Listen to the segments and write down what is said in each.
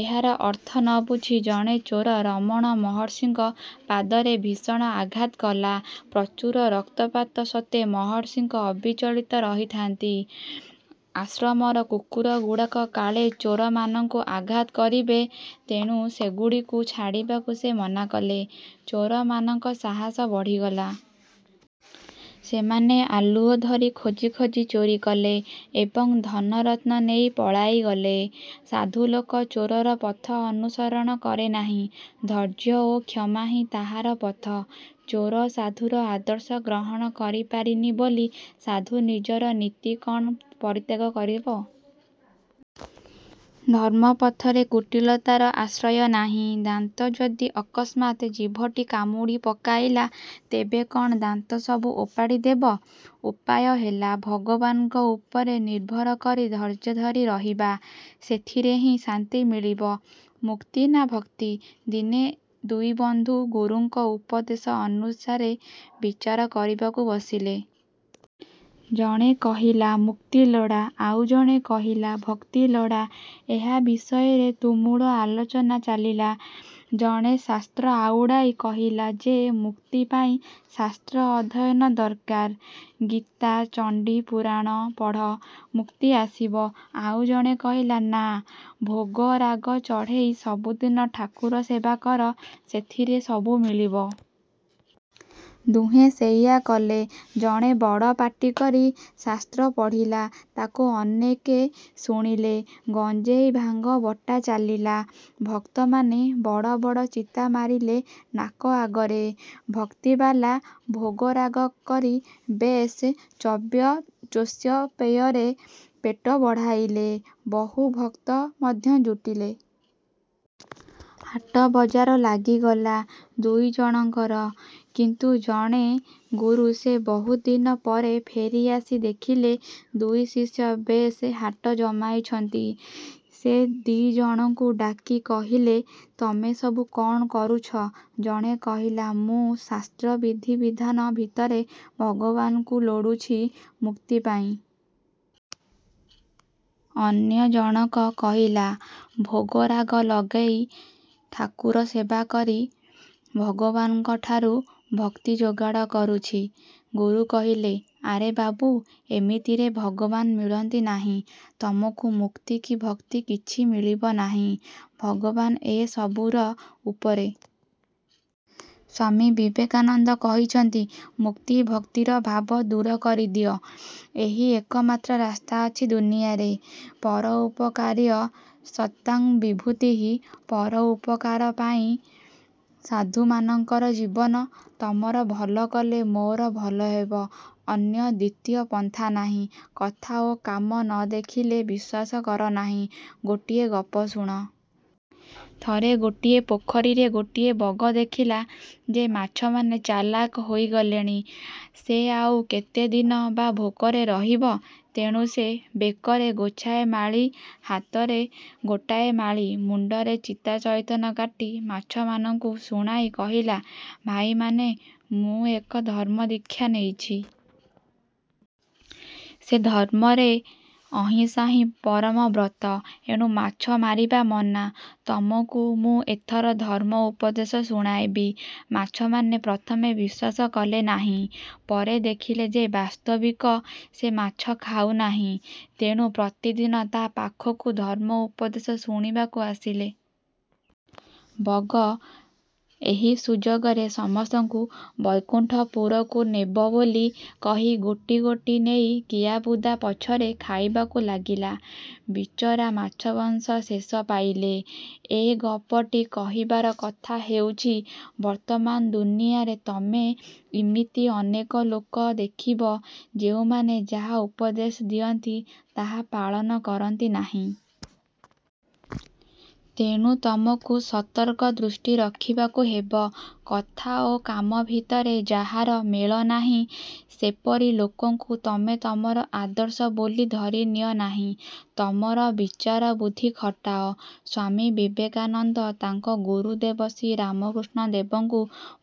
ଏହାର ଅର୍ଥ ନ ବୁଝି ଜଣେ ଚୋର ରମଣ ମହର୍ଷିଙ୍କ ପାଦରେ ଭୀଷଣ ଆଘାତ କଲା। ପ୍ରଚୁର ରକ୍ତପାତ ସତ୍ତ୍ୱେ ମହର୍ଷି ଅବିଚଳିତ ରହିଥାନ୍ତି। ଆଶ୍ରମର କୁକୁରଗୁଡ଼ାକ କାଳେ ଚୋରମାନଙ୍କୁ ଆଘାତ କରିବେ ତେଣୁ ସେଗୁଡ଼ିକୁ ଛାଡ଼ିବାକୁ ସେ ମନା କଲେ। ଚୋରମାନଙ୍କର ସାହସ ବଢ଼ିଗଲା। ସେମାନେ ଆଲୁଅ ଧରି ଖୋଜି ଖୋଜି ଚୋରି କଲେ ଏବଂ ଧନରତ୍ନ ନେଇ ପଳାଇଗଲେ। ସାଧୁଲୋକ ଚୋରର ପଥ ଅନୁସରଣ କରେ ନାହିଁ। ଧୈର୍ଯ୍ୟ ଓ କ୍ଷମାହିଁ ତାହାର ପଥ। ଚୋର ସାଧୁର ଆଦର୍ଶ ଗ୍ରହଣ କରିପାରିନି ବୋଲି ସାଧୁ ନିଜର ନୀତି କ'ଣ ପରିତ୍ୟାଗ କରିବ? ଧର୍ମପଥରେ କୁଟିଳତାର ଆଶ୍ରୟ ନାହିଁ। ଦାନ୍ତ ଯଦି ଅକସ୍ମାତ୍ ଜିଭଟି କାମୁଡ଼ି ପକାଇଲା, ତେବେ କଣ ଦାନ୍ତସବୁ ଓପାଡ଼ି ଦେବ? ଉପାୟ ହେଲା ଭଗବାନଙ୍କ ଉପରେ ନିର୍ଭର କରି ଧୈର୍ଯ୍ୟ ଧରି ରହିବା। ସେଥିରେ ହିଁ ଶାନ୍ତି ମିଳିବ। '' ମୁକ୍ତି ନା ଭକ୍ତି ଦିନେ ଦୁଇବନ୍ଧୁ ଗୁରୁଙ୍କ ଉପଦେଶ ଅନୁସାରେ ବିଚାର କରିବାକୁ ବସିଲେ। ଜଣେ କହିଲା-ମୁକ୍ତି ଲୋଡ଼ା, ଆଉ ଜଣେ କହିଲା-ଭକ୍ତି ଲୋଡ଼ା। ଏହା ବିଷୟରେ ତୁମୁଳ ଆଲୋଚନା ଚାଲିଲା। ଜଣେ ଶାସ୍ତ୍ର ଆଉଡ଼ାଇ କହିଲା ଯେ ମୁକ୍ତି ପାଇଁ ଶାସ୍ତ୍ର ଅଧ୍ୟୟନ ଦରକାର। ଗୀତା, ଚଣ୍ଡୀ, ପୁରାଣ ପଢ଼। ମୁକ୍ତି ଆସିବ। ଆଉ ଜଣେ କହିଲା, ନା ଭୋଗରାଗ ଚଢ଼େଇ ସବୁଦିନ ଠାକୁର ସେବା କର, ସେଥିରେ ସବୁ ମିଳିବ। ଦୁହେଁ ସେଇଆ କଲେ। ଜଣେ ବଡ଼ ପାଟିକରି ଶାସ୍ତ୍ର ପଢ଼ିଲା। ତାକୁ ଅନେକେ ଶୁଣିଲେ। ଗଞ୍ଜେଇ-ଭାଙ୍ଗ ବଟା ଚାଲିଲା। ଭକ୍ତମାନେ ବଡ଼ ବଡ଼ ଚିତା ମାରିଲେ ନାକ ଆଗରେ। ଭକ୍ତିବାଲା ଭୋଗରାଗ କରି ବେଶ୍ ଚର୍ବ୍ୟ ଚୋଷ୍ୟ ପେୟରେ ପେଟ ବଢ଼ାଇଲେ। ବହୁ ଭକ୍ତ ମଧ୍ୟ ଜୁଟିଲେ। ହାଟ ବଜାର ଲାଗିଗଲା। ଦୁଇଜଣଙ୍କର କିନ୍ତୁ ଜଣେ ଗୁରୁ। ସେ ବହୁଦିନ ପରେ ଫେରିଆସି ଦେଖିଲେ, ଦୁଇଶିଷ୍ୟ ବେଶ୍ ହାଟ ଜମାଇଛନ୍ତି। ସେ ଦିଜଣଙ୍କୁ ଡାକି କହିଲେ, ତମେ ସବୁ କ'ଣ କରୁଛ? ଜଣେ କହିଲା, ''ମୁଁ ଶାସ୍ତ୍ର ବିଧିବିଧାନ ଭିତରେ ଭଗବାନଙ୍କୁ ଲୋଡ଼ୁଛି ମୁକ୍ତି ପାଇଁ। '' ଅନ୍ୟ ଜଣକ କହିଲା, ''ଭୋଗରାଗ ଲଗେଇ ଠାକୁର ସେବା କରି ଭଗବାନଙ୍କଠାରୁ ଭକ୍ତି ଯୋଗାଡ଼ କରୁଛି। '' ଗୁରୁ କହିଲେ, ''ଆରେ ବାବୁ, ଏମିତିରେ ଭଗବାନ ମିଳନ୍ତି ନାହିଁ। ତମକୁ ମୁକ୍ତି କି ଭକ୍ତି କିଛି ମିଳିବ ନାହିଁ। ଭଗବାନ ଏ ସବୁର ଉପରେ। '' ସ୍ୱାମୀ ବିବେକାନନ୍ଦ କହିଛନ୍ତି-ମୁକ୍ତି ଭକ୍ତିର ଭାବ ଦୂର କରିଦିଅ। ଏହି ଏକମାତ୍ର ରାସ୍ତା ଅଛି ଦୁନିଆରେ-ପରୋପକାରାୟ ସତାଂ ବିଭୂତିଃ। ପରୋପକାର ପାଇଁ ସାଧୁମାନଙ୍କର ଜୀବନ। ତମର ଭଲ କଲେ ମୋର ଭଲ ହେବ। ଅନ୍ୟ ଦ୍ୱିତୀୟ ପନ୍ଥା ନାହିଁ। କଥା ଓ କାମ ନ ଦେଖିଲେ ବିଶ୍ୱାସ କର ନାହିଁ ଗୋଟିଏ ଗପ ଶୁଣ। ଥରେ ଗୋଟିଏ ପୋଖରୀରେ ଗୋଟିଏ ବଗ ଦେଖିଲା ଯେ ମାଛମାନେ ଚାଲାକ ହୋଇଗଲେଣି। ସେ ଆଉ କେତେ ଦିନ ବା ଭୋକରେ ରହିବ? ତେଣୁ ସେ ବେକରେ ଗୋଛାଏ ମାଳି, ହାତରେ ଗୋଟାଏ ମାଳି, ମୁଣ୍ଡରେ ଚିତା ଚଇତନ କାଟି ମାଛମାନଙ୍କୁ ଶୁଣାଇ କହିଲା-''ଭାଇମାନେ ମୁଁ ଏକ ଧର୍ମ ଦୀକ୍ଷା ନେଇଛି। ସେ ଧର୍ମରେ ଅହିଂସା ହିଁ ପରମ ବ୍ରତ-। ଏଣୁ ମାଛ ମାରିବା ମନା। ତମକୁ ମୁଁ ଏଥର ଧର୍ମ ଉପଦେଶ ଶୁଣାଇବି। '' ମାଛମାନେ ପ୍ରଥମେ ବିଶ୍ୱାସ କଲେ ନାହିଁ। ପରେ ଦେଖିଲେ ଯେ ବାସ୍ତବିକ ସେ ମାଛ ଖାଉନାହିଁ। ତେଣୁ ପ୍ରତିଦିନ ତା' ପାଖକୁ ଧର୍ମ ଉପଦେଶ ଶୁଣିବାକୁ ଆସିଲେ। ବଗ। ଏହି ସୁଯୋଗରେ ସମସ୍ତଙ୍କୁ ବୈକୁଣ୍ଠପୁରକୁ ନେବ ବୋଲି କହି ଗୋଟି ଗୋଟି ନେଇ କିଆବୁଦା ପଛରେ ଖାଇବାକୁ ଲାଗିଲା। ବିଚରା ମାଛବଂଶ ଶେଷ ପାଇଲେ। ଏ ଗପଟି କହିବାର କଥା ହେଉଛି-ବର୍ତ୍ତମାନ ଦୁନିଆଁରେ ତମେ ଇମିତି ଅନେକ ଲୋକ ଦେଖିବ, ଯେଉଁମାନେ ଯାହା ଉପଦେଶ ଦିଅନ୍ତି ତାହା ପାଳନ କରନ୍ତି ନାହିଁ। ତେଣୁ ତମକୁ ସତର୍କ ଦୃଷ୍ଟି ରଖିବାକୁ ହେବ। କଥା ଓ କାମ ଭିତରେ ଯାହାର ମେଳ ନାହିଁ, ସେପରି ଲୋକଙ୍କୁ ତମେ ତମର ଆଦର୍ଶ ବୋଲି ଧରି ନିଅ ନାହିଁ। ତମର ବିଚାର ବୁଦ୍ଧି ଖଟାଅ। ସ୍ୱାମୀ ବିବେକାନନ୍ଦ ତାଙ୍କ ଗୁରୁଦେବ ଶ୍ରୀରାମକୃଷ୍ଣ ଦେବଙ୍କୁ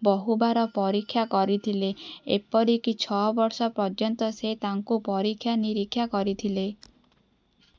ବହୁବାର ପରୀକ୍ଷା କରିଥିଲେ; ଏପରିକି ଛଅବର୍ଷ ପର୍ଯ୍ୟନ୍ତ ସେ ତାଙ୍କୁ ପରୀକ୍ଷା ନିରୀକ୍ଷା କରିଥିଲେ।